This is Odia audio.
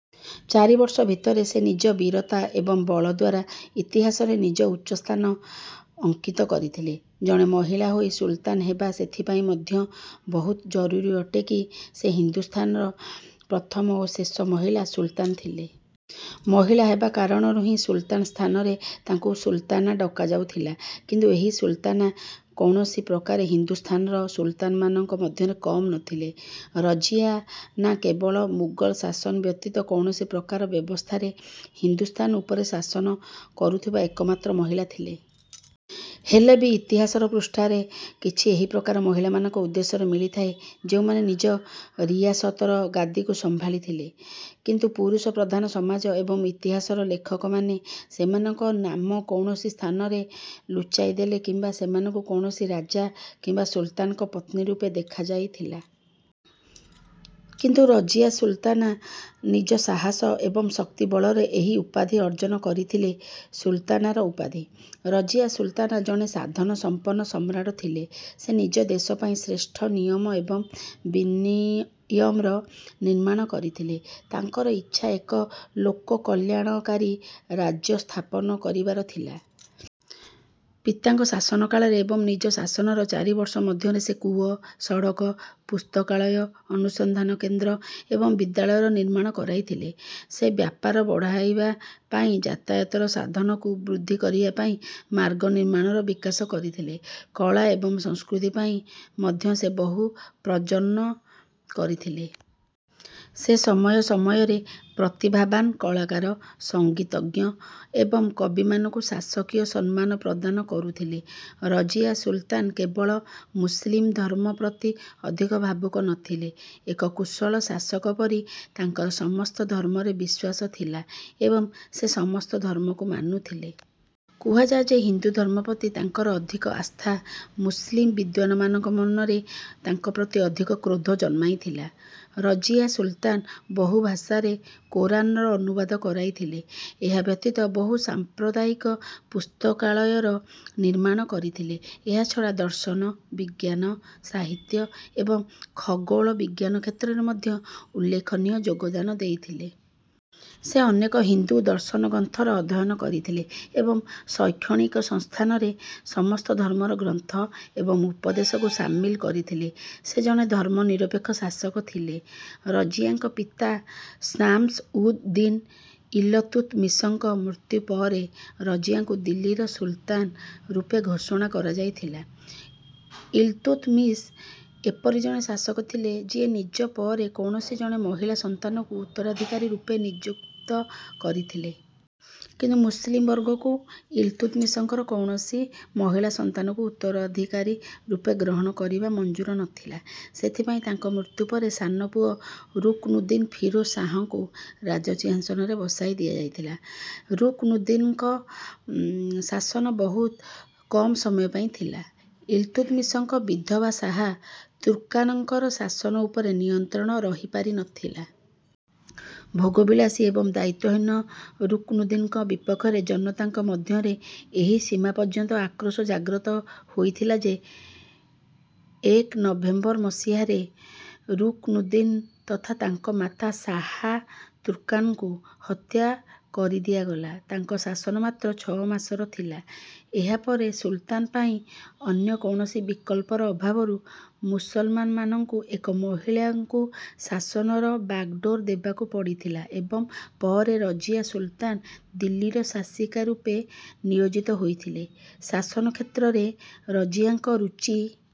ଚାରି ବର୍ଷ ଭିତରେ ସେ ନିଜ ବୀରତା ଏବଂ ବଳ ଦ୍ୱାରା ଇତିହାସରେ ନିଜ ଉଚ୍ଚ ସ୍ଥାନ ଅଙ୍କିତ କରିଥିଲେ। ଜଣେ ମହିଳା ହୋଇ ସୁଲତାନ୍ ହେବା ସେଥିପାଇଁ ମଧ୍ୟ ବହୁତ ଜରୁରୀ ଅଟେ କି ସେ ହିନ୍ଦୁସ୍ଥାନର ପ୍ରଥମ ଏବଂ ଶେଷ ମହିଳା ସୁଲତାନ୍ ଥିଲେ। ମହିଳା ହେବା କାରଣରୁ ହିଁ ସୁଲତାନ୍ ସ୍ଥାନରେ ତାଙ୍କୁ ସୁଲତାନା ଡକାଯାଉଥିଲା। କିନ୍ତୁ ଏହି ସୁଲତାନା କୌଣସି ପ୍ରକାରେ ହିନ୍ଦୁସ୍ଥାନର ସୁଲତାନ୍‌ମାନଙ୍କ ମଧ୍ୟରେ କମ୍ ନଥିଲେ। ରଜିୟା ନା କେବଳ ମୁଗଲ ଶାସନ ବ୍ୟତୀତ କୌଣସି ପ୍ରକାର ବ୍ୟବସ୍ଥାରେ ହିନ୍ଦୁସ୍ଥାନ ଉପରେ ଶାସନ କରୁଥିବା ଏକମାତ୍ର ମହିଳା ଥିଲେ। ହେଲେ ବି ଇତିହାସର ପୃଷ୍ଠାରେ କିଛି ଏହିପ୍ରକାର ମହିଳାମାନଙ୍କ ଉଦ୍ଦେଶ୍ୟରେ ମିଳିଥାଏ ଯେଉଁମାନେ ନିଜ ରିୟାସତର ଗାଦିକୁ ସମ୍ଭାଳିଥିଲେ। କିନ୍ତୁ ପୁରୁଷ ପ୍ରଧାନ ସମାଜ ଏବଂ ଇତିହାସର ଲେଖକମାନେ ସେମାନଙ୍କ ନାମ କୌଣସି ସ୍ଥାନରେ ଲୁଚାଇଦେଲେ କିମ୍ବା ସେମାନଙ୍କୁ କୌଣସି ରାଜା କିମ୍ବା ସୁଲତାନ୍‌ଙ୍କ ପତ୍ନୀ ରୂପେ ଦେଖାଯାଇଥିଲା। କିନ୍ତୁ ରଜିୟା ସୁଲତାନା ନିଜ ସାହସ ଏବଂ ଶକ୍ତି ବଳରେ ଏହି ଉପାଧି ଅର୍ଜନ କରିଥିଲେ ସୁଲତାନାର ଉପାଧି। ରଜିୟା ସୁଲତାନା ଜଣେ ସାଧନ ସମ୍ପନ୍ନ ସମ୍ରାଟ ଥିଲେ। ସେ ନିଜ ଦେଶ ପାଇଁ ଶ୍ରେଷ୍ଠ ନିୟମ ଏବଂ ବିନିୟମର ନିର୍ମାଣ କରିଥିଲେ। ତାଙ୍କର ଇଚ୍ଛା ଏକ ଲୋକକଲ୍ୟାଣକାରୀ ରାଜ୍ୟ ସ୍ଥାପନ କରିବାର ଥିଲା। ପିତାଙ୍କ ଶାସନ କାଳରେ ଏବଂ ନିଜ ଶାସନର ଚାରି ବର୍ଷ ମଧ୍ୟରେ ସେ କୂଅ, ସଡ଼କ, ପୁସ୍ତକାଳୟ, ଅନୁସନ୍ଧାନ କେନ୍ଦ୍ର ଏବଂ ବିଦ୍ୟାଳୟର ନିର୍ମାଣ କରାଇଥିଲେ। ସେ ବ୍ୟାପାର ବଢ଼ାଇବା ପାଇଁ ଯାତାୟାତର ସାଧନକୁ ବୃଦ୍ଧି କରିବା ପାଇଁ ମାର୍ଗ ନିର୍ମାଣର ବିକାଶ କରିଥିଲେ। କଳା ଏବଂ ସଂସ୍କୃତି ପାଇଁ ମଧ୍ୟ ସେ ବହୁ ପ୍ରଯନ କରିଥିଲେ। ସେ ସମୟ ସମୟରେ ପ୍ରତିଭାବାନ୍ କଳାକାର, ସଙ୍ଗୀତଜ୍ଞ ଏବଂ କବିମାନଙ୍କୁ ଶାସକୀୟ ସମ୍ମାନ ପ୍ରଦାନ କରୁଥିଲେ। ରଜିୟା ସୁଲତାନ୍ କେବଳ ମୁସଲିମ୍ ଧର୍ମ ପ୍ରତି ଅଧିକ ଭାବୁକ ନଥିଲେ। ଏକ କୁଶଳ ଶାସକ ପରି ତାଙ୍କର ସମସ୍ତ ଧର୍ମରେ ବିଶ୍ୱାସ ଥିଲା ଏବଂ ସେ ସମସ୍ତ ଧର୍ମକୁ ମାନୁଥିଲେ। କୁହାଯାଏ ଯେ ହିନ୍ଦୁ ଧର୍ମ ପ୍ରତି ତାଙ୍କର ଅଧିକ ଆସ୍ଥା ମୁସଲିମ୍ ବିଦ୍ୱାନ୍‌ମାନଙ୍କ ମନରେ ତାଙ୍କ ପ୍ରତି ଅଧିକ କ୍ରୋଧ ଜନ୍ମାଇଥିଲା। ରଜିୟା ସୁଲତାନ୍ ବହୁ ଭାଷାରେ କୋରାନ୍‌ର ଅନୁବାଦ କରାଇଥିଲେ। ଏହା ବ୍ୟତୀତ ବହୁ ସାମ୍ପ୍ରଦାୟିକ ପୁସ୍ତକାଳୟର ନିର୍ମାଣ କରିଥିଲେ। ଏହା ଛଡ଼ା ଦର୍ଶନ, ବିଜ୍ଞାନ, ସାହିତ୍ୟ ଏବଂ ଖଗୋଳ ବିଜ୍ଞାନ କ୍ଷେତ୍ରରେ ମଧ୍ୟ ଉଲ୍ଲେଖନୀୟ ଯୋଗଦାନ ଦେଇଥିଲେ। ସେ ଅନେକ ହିନ୍ଦୁ ଦର୍ଶନଗ୍ରନ୍ଥର ଅଧ୍ୟୟନ କରିଥିଲେ ଏବଂ ଶୈକ୍ଷଣିକ ସଂସ୍ଥାନରେ ସମସ୍ତ ଧର୍ମର ଗ୍ରନ୍ଥ ଏବଂ ଉପଦେଶକୁ ସାମିଲ କରିଥିଲେ। ସେ ଜଣେ ଧର୍ମନିରପେକ୍ଷ ଶାସକ ଥିଲେ। ରଜିୟାଙ୍କ ପିତା ଶାମ୍ସ ଉଦ୍ ଦିନ୍ ଇଲ୍‌ତୁତ୍‌ମିଶଙ୍କ ମୃତ୍ୟୁ ପରେ, ରଜିୟାଙ୍କୁ ଦିଲ୍ଲୀର ସୁଲତାନ୍ ରୂପେ ଘୋଷଣା କରାଯାଇଥିଲା। ଇଲ୍‌ତୁତ୍‌ମିଶ ଏପରି ଜଣେ ଶାସକ ଥିଲେ ଯିଏ ନିଜ ପରେ କୌଣସି ଜଣେ ମହିଳା ସନ୍ତାନଙ୍କୁ ଉତ୍ତରାଧିକାରୀ ରୂପେ ନିଯୁକ୍ତ କରିଥିଲେ। କିନ୍ତୁ ମୁସଲିମ୍ ବର୍ଗଙ୍କୁ ଇଲ୍‌ତୁତ୍‌ମିଶଙ୍କର କୌଣସି ମହିଳା ସନ୍ତାନଙ୍କୁ ଉତ୍ତରାଧିକାରୀ ରୂପେ ଗ୍ରହଣ କରିବା ମଞ୍ଜୁର ନଥିଲା। ସେଥିପାଇଁ ତାଙ୍କ ମୃତ୍ୟୁ ପରେ ସାନ ପୁଅ ରୁକ୍‌ନୁଦ୍ଦୀନ୍ ଫିରୋଜ ଶାହଙ୍କୁ ରାଜସିଂହାସନରେ ବସାଇ ଦିଆଯାଇଥିଲା। ରୁକ୍‌ନୁଦ୍ଦୀନ୍‌ଙ୍କ ଶାସନ ବହୁତ କମ୍ ସମୟ ପାଇଁ ଥିଲା। ଇଲ୍‌ତୁତ୍‌ମିଶଙ୍କ ବିଧବା ଶାହା ତୁର୍କାନ୍‌ଙ୍କର ଶାସନ ଉପରେ ନିୟନ୍ତ୍ରଣ ରହିପାରିନଥିଲା। ଭୋଗବିଳାସୀ ଏବଂ ଦାୟିତ୍ୱହୀନ ରୁକ୍‌ନୁଦ୍ଦୀନ୍‌ଙ୍କ ବିପକ୍ଷରେ ଜନତାଙ୍କ ମଧ୍ୟରେ ଏହି ସୀମା ପର୍ଯ୍ୟନ୍ତ ଆକ୍ରୋଶ ଜାଗ୍ରତ ହୋଇଥିଲା ଯେ ଏକ ନଭେମ୍ବର ମସିହାରେ ରୁକ୍‌ନୁଦ୍ଦୀନ୍ ତଥା ତାଙ୍କ ମାତା ଶାହା ତୁର୍କାନ୍‌ଙ୍କୁ ହତ୍ୟା କରିଦିଆଗଲା। ତାଙ୍କ ଶାସନ ମାତ୍ର ଛଅ ମାସର ଥିଲା। ଏହା ପରେ ସୁଲତାନ୍ ପାଇଁ ଅନ୍ୟ କୌଣସି ବିକଳ୍ପର ଅଭାବରୁ ମୁସଲମାନମାନଙ୍କୁ ଏକ ମହିଳାଙ୍କୁ ଶାସନର ବାଗଡୋର ଦେବାକୁ ପଡ଼ିଥିଲା ଏବଂ ପରେ ରଜିୟା ସୁଲତାନ୍ ଦିଲ୍ଲୀର ଶାସିକା ରୂପେ ନିୟୋଜିତ ହୋଇଥିଲେ। ଶାସନ କ୍ଷେତ୍ରରେ ରଜିୟାଙ୍କ ରୁଚି